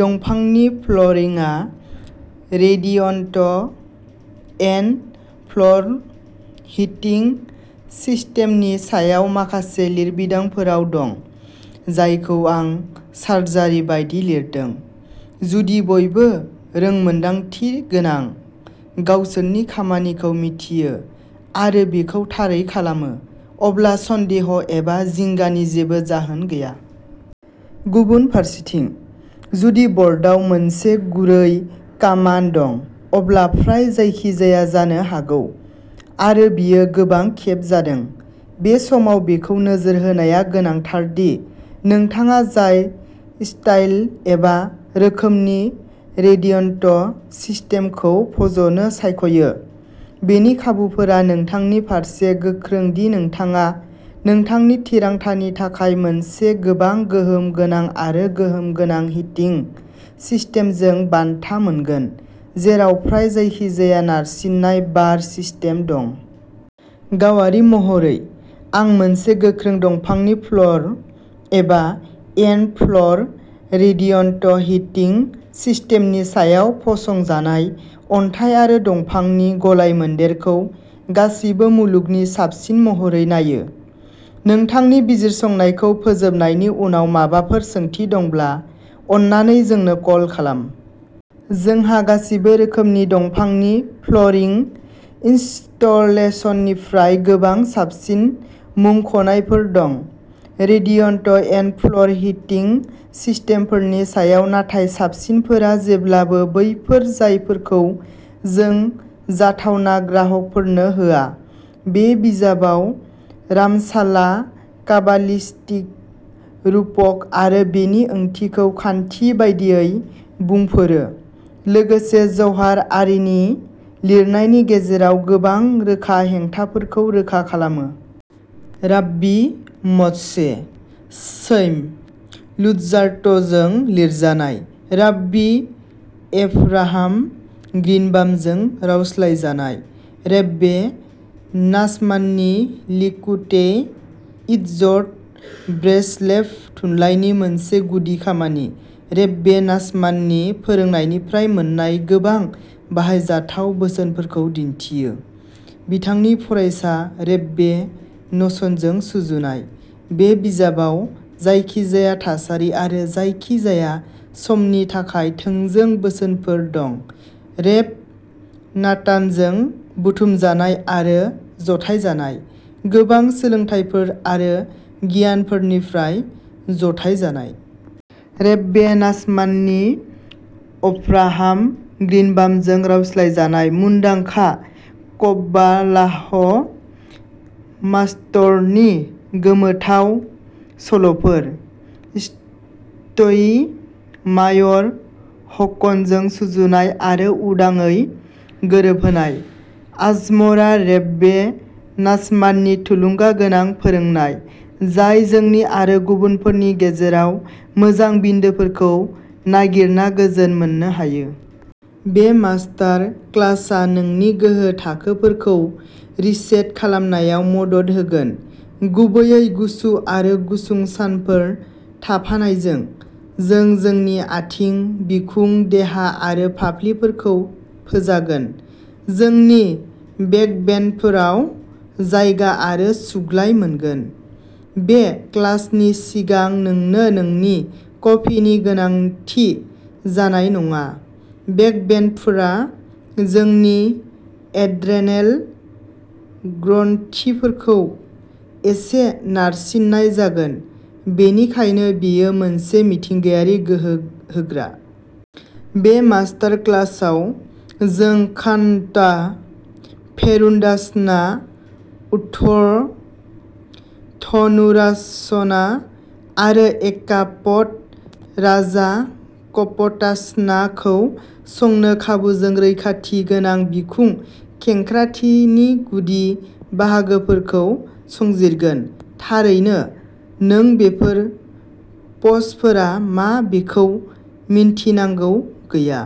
दंफांनि फ्ल'रिंआ radiant in-floor hitting सिस्टेमनि सायाव माखासे लिरबिदांफोराव दं, जायखौ आं सार्जारि बायदि लिरदों। जुदि बयबो रोंमोन्दांथि गोनां, गावसोरनि खामानिखौ मिथियो आरो बेखौ थारै खालामो, अब्ला सन्देह' एबा जिंगानि जेबो जाहोन गैया। गुबुन फारसेथिं, जुदि ब'र्डआव मोनसे गुरै कामान दं, अब्ला फ्राय जायखिजाया जानो हागौ, आरो बेयो गोबां खेब जादों। बे समाव बेखौ नोजोर होनाया गोनांथार दि नोंथाङा जाय स्टाइल एबा रोखोमनि रेडिअन्ट सिस्टेमखौ फज'नो सायख'यो, बेनि खाबुफोरा नोंथांनि फारसे गोख्रों दि नोंथाङा नोंथांनि थिरांथानि थाखाय मोनसे गोबां गोहोम गोनां आरो गोहोम गोनां हिटिं सिस्टेमजों बान्था मोनगोन, जेराव फ्राय जायखिजाया नारसिननाय बार सिस्टेम दं। गावारि महरै, आं मोनसे गोख्रों दंफांनि फ्ल'र, एबा इन-फ्ल'र रेडिअन्ट हिटिं सिस्टेमनि सायाव फसंजानाय अन्थाइ आरो दंफांनि गलायमोन्देरखौ गासैबो मुलुगनि साबसिन महरै नायो। नोंथांनि बिजिरसंनायखौ फोजोबनायनि उनाव माबाफोर सोंथि दंब्ला, अन्नानै जोंनो कल खालाम। जोंहा गासैबो रोखोमनि दंफांनि फ्ल'रिं इनस्टलेशननिफ्राय गोबां साबसिन मुंख'नायफोर दं, रेडिअन्ट इन-फ्ल'र हिटिं सिस्टेमफोरनि सायाव, नाथाय साबसिनफोरा जेब्लाबो बैफोर जायफोरखौ जों जाथावना ग्राहकफोरनो होआ। बे बिजाबाव, रामचाला काबालिस्टिक रुपक आरो बेनि ओंथिखौ खान्थि बायदियै बुंफोरो, लोगोसे ज'हार आरिनि लिरनायनि गेजेराव गोबां रोखा हेंथाफोरखौ रोखा खालामो। राब्बी म'शे चैम लुज्जात्त'जों लिरजानाय, राब्बी एभराहाम ग्रीनबामजों रावस्लायजानाय। रेब्बे नाचमाननि लिकुटेइ इटज'ट, ब्रेसलेभ थुनलाइनि मोनसे गुदि खामानि, रेब्बे नाचमाननि फोरोंनायनिफ्राय मोन्नाय गोबां बाहायजाथाव बोसोनफोरखौ दिन्थियो। बिथांनि फरायसा, रेब्बे न'सनजों सुजुनाय। बे बिजाबाव जायखिजाया थासारि आरो जायखिजाया समनि थाखाय थोंजों बोसोनफोर दं, रेब नातानजों बुथुमजानाय आरो जथायजानाय, गोबां सोलोंथायफोर आरो गियानफोरनिफ्राय जथायजानाय। रेब्बे नाचमाननि अभ्राहाम ग्रीनबामजों रावस्लायजानाय। मुंदांखा कब्बालाह मास्तरनि गोमोथाव सल'फोर। तय मायर हकनजों सुजुनाय आरो उदाङै गोरोबहोनाय। आजमरा रेब्बे नाचमाननि थुलुंगागोनां फोरोंनाय, जाय जोंनि आरो गुबुनफोरनि गेजेराव मोजां बिन्दोफोरखौ नागिरना गोजोन मोन्नो हायो। बे मास्टार क्लासआ नोंनि गोहो थाखोफोरखौ रिसेट खालामनायाव मदद होगोन, गुबैयै गुसु आरो गुसुं सानफोर थाफानायजों। जों जोंनि आथिं, बिखुं देहा आरो फाफ्लिफोरखौ फोजागोन, जोंनि बेकबेन्डफोराव जायगा आरो सुग्लाय मोनगोन। बे क्लासनि सिगां नोंनो नोंनि कफिनि गोनांथि जानाय नङा, बेकबेन्डफोरा जोंनि एड्रेनेल ग्रन्थिफोरखौ एसे नारसिन्नाय जागोन, बेनिखायनो बेयो मोनसे मिथिंगायारि गोहो होग्रा। बे मास्टार क्लासाव जों घाण्डा भेरुनदासना, उर्ध्व धनुरासना आरो एका पद राजा कप'टासना खौ संनो खाबुजों रैखाथि गोनां बिखुं खेंख्राथिनि गुदि बाहागोफोरखौ संजिरगोन। थारैनो नों बेफोर प'जफोरा मा बेखौ मिन्थिनांगौ गैया।